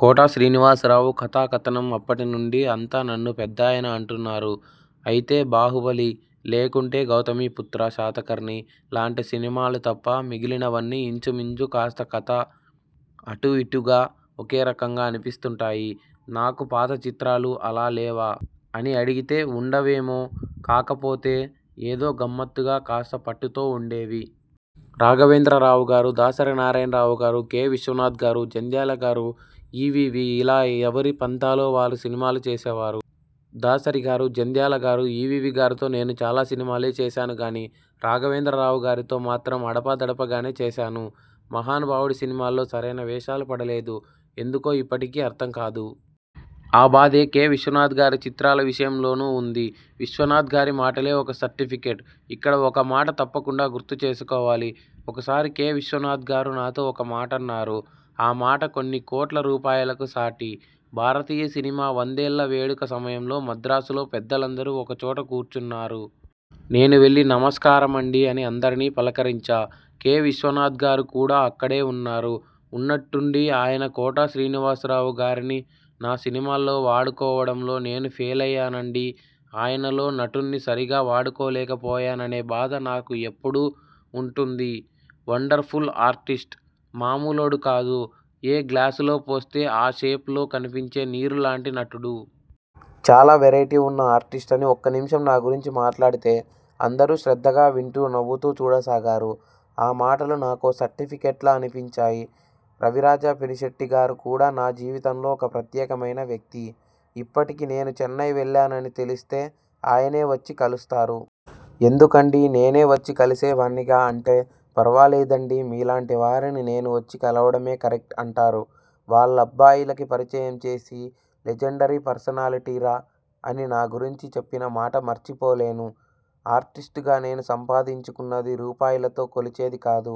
కోట శ్రీనివాసరావు కథాకథనం అప్పటినుండీ అంతా నన్ను పెద్దాయన అంటున్నారు అయితే 'బాహుబలి', లేకుంటే 'గౌతమీపుత్ర శాతకర్ణి' లాంటి సినిమాలు తప్ప మిగిలినవన్నీ ఇంచుమించు కాస్త కథ అటూ ఇటూగా ఒకేరకంగా అనిపిస్తుంటాయి నాకు. పాత చిత్రాలు అలా లేవా? అని అడిగితే ఉండేవేమో. కాకపోతే ఏదో గమ్మత్తుగా, కాస్త పట్టుతో ఉండేవి. రాఘవేంద్రరావుగారు, దాసరి నారాయణరావుగారు, కె. విశ్వనాథ్గారు, జంధ్యాల గారు, ఈవీవీ ఇలా ఎవరి పంథాలో వారు సినిమాలు చేసేవారు. దాసరిగారు, జంధ్యాలగారు, ఈవీవీగారితో నేను చాలా సినిమాలే చేశానుగానీ, రాఘవేంద్రరావుగారితో మాత్రం అడపాదడపాగానే చేశాను. మహానుభావుడి సినిమాల్లో సరైన వేషాలు పడలేదు. ఎందుకో ఇప్పటికీ అర్థం కాదు. ఆ బాధే కె. విశ్వనాథ్ గారి చిత్రాల విషయంలోనూ ఉంది. విశ్వనాథ్గారి మాటలే ఒక సర్టిఫికెట్ ఇక్కడ ఒకమాట తప్పకుండా గుర్తుచేసుకోవాలి. ఒకసారి కె. విశ్వనాథ్గారు నాతో ఒక మాటన్నారు. ఆ మాటే కొన్ని కోట్ల రూపాయలకు సాటి. భారతీయ సినిమా వందేళ్ళ వేడుక సమయంలో మద్రాసులో పెద్దలందరూ ఒకచోట కూర్చున్నారు. నేను వెళ్ళి 'నమస్కారమండీ' అని అందరినీ పలకరించా. కె. విశ్వనాథ్గారు కూడా అక్కడే ఉన్నారు. ఉన్నట్టుండి ఆయన 'కోట శ్రీనివాసరావుగారిని నా సినిమాల్లో వాడుకోవడంలో నేను ఫెయిలయ్యానండీ. ఆయనలోని నటుణ్ణి సరిగా వాడుకోలేకపోయాననే బాధ నాకు ఎప్పుడూ ఉంటుంది. Wonderful artist. మామూలోడు కాదు. ఏ గ్లాసులో పోస్తే ఆ షేప్లో కనిపించే నీరు లాంటి నటుడు. చాలా వెరైటీ ఉన్న ఆర్టిస్ట్ అని ఒక్క నిమిషం నా గురించి మాట్లాడితే అందరూ శ్రద్ధగా వింటూ నవ్వుతూ చూడసాగారు. ఆ మాటలు నాకో సర్టిఫికెట్లా అనిపించాయి. రవిరాజా పినిశెట్టిగారు కూడా నా జీవితంలో ఒక ప్రత్యేకమైన వ్యక్తి. ఇప్పటికీ నేను చెన్నై వెళ్లానని తెలిస్తే ఆయనే వచ్చి కలుస్తారు. 'ఎందుకండీ, నేనే వచ్చి కలిసేవాణ్ణిగా' అంటే, 'ఫర్వాలేదండీ. మీలాంటి వారిని నేను వచ్చి కలవడమే కరెక్ట్' అంటారు. వాళ్ళబ్బాయిలకి పరిచయం చేసి 'లెజండరీ పర్సనాలిటీరా' అని నా గురించి చెప్పిన మాట మర్చిపోలేను. ఆర్టిస్ట్గా నేను సంపాదించుకున్నది రూపాయిలతో కొలిచేదీ కాదు,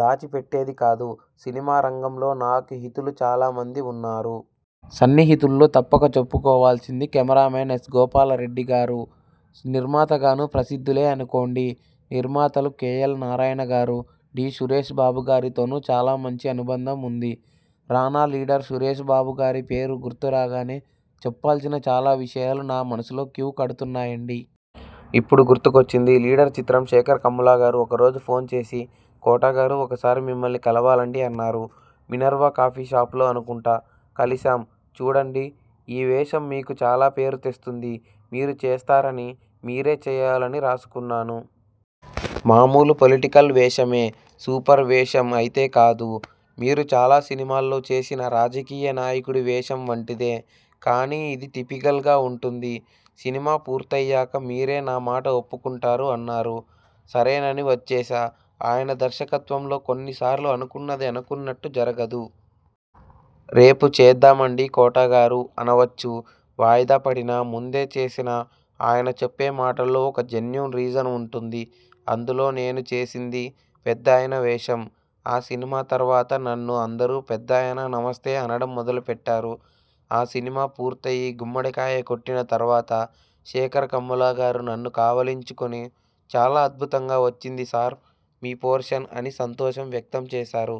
దాచిపెట్టేదీ కాదు. సినిమా రంగంలో నాకు హితులు చాలా మంది ఉన్నారు. సన్నిహితుల్లో తప్పక చెప్పుకోవాల్సింది కెమెరామేన్ ఎస్. గోపాలరెడ్డిగారు. నిర్మాతగానూ ప్రసిద్ధులే అనుకోండి. నిర్మాతలు కె. ఎల్. నారాయణగారు, డి. సురేశ్ బాబుగారితోనూ చాలా మంచి అనుబంధం ఉంది. రానా లీడర్ సురేశ్ బాబుగారి పేరు గుర్తురాగానే చెప్పాల్సిన చాలా విషయాలు నా మనసులో క్యూ కడుతున్నాయండీ. ఇప్పుడు గుర్తుకొచ్చింది 'లీడర్' చిత్రం. శేఖర్ కమ్ములగారు ఒక రోజు ఫోన్ చేసి కోటగారు ఒకసారి మిమ్మల్ని కలవాలండీ అన్నారు. మినర్వా కాఫీ షాప్ లో అనుకుంటా. కలిశాం. చూడండి. ఈ వేషం మీకు చాలా పేరు తెస్తుంది. మీరు చేస్తారని, మీరే చేయాలని రాసుకున్నాను. మామూలు పొలిటికల్ వేషమే. 'సూపర్ వేషం అయితే కాదు. మీరు చాలా సినిమాల్లో చేసిన రాజకీయ నాయకుడి వేషం వంటిదే. కానీ ఇది టిపికల్గా ఉంటుంది. సినిమా పూర్తయ్యాక మీరే నా మాట ఒప్పుకుంటారు' అన్నారు. సరేనని వచ్చేశా. ఆయన దర్శకత్వంలో కొన్నిసార్లు అనుకున్నది అనుకున్నట్టు జరగదు. 'రేపు చేద్దామండీ కోటగారు' అనవచ్చు. వాయిదాపడినా, ముందే చేసినా ఆయన చెప్పే మాటల్లో ఒక జెన్యూన్ రీజన్ ఉంటుంది. అందులో నేను చేసింది 'పెద్దాయన' వేషం. ఆ సినిమా తర్వాత నన్ను అందరూ 'పెద్దాయనా నమస్తే' అనడం మొదలుపెట్టారు. ఆ సినిమా పూర్తయి గుమ్మడికాయ కొట్టిన తర్వాత శేఖర్ కమ్ములగారు నన్ను కావలించుకుని 'చాలా అద్భుతంగా వచ్చింది సార్ మీ పోర్షన్' అని సంతోషం వ్యక్తం చేశారు.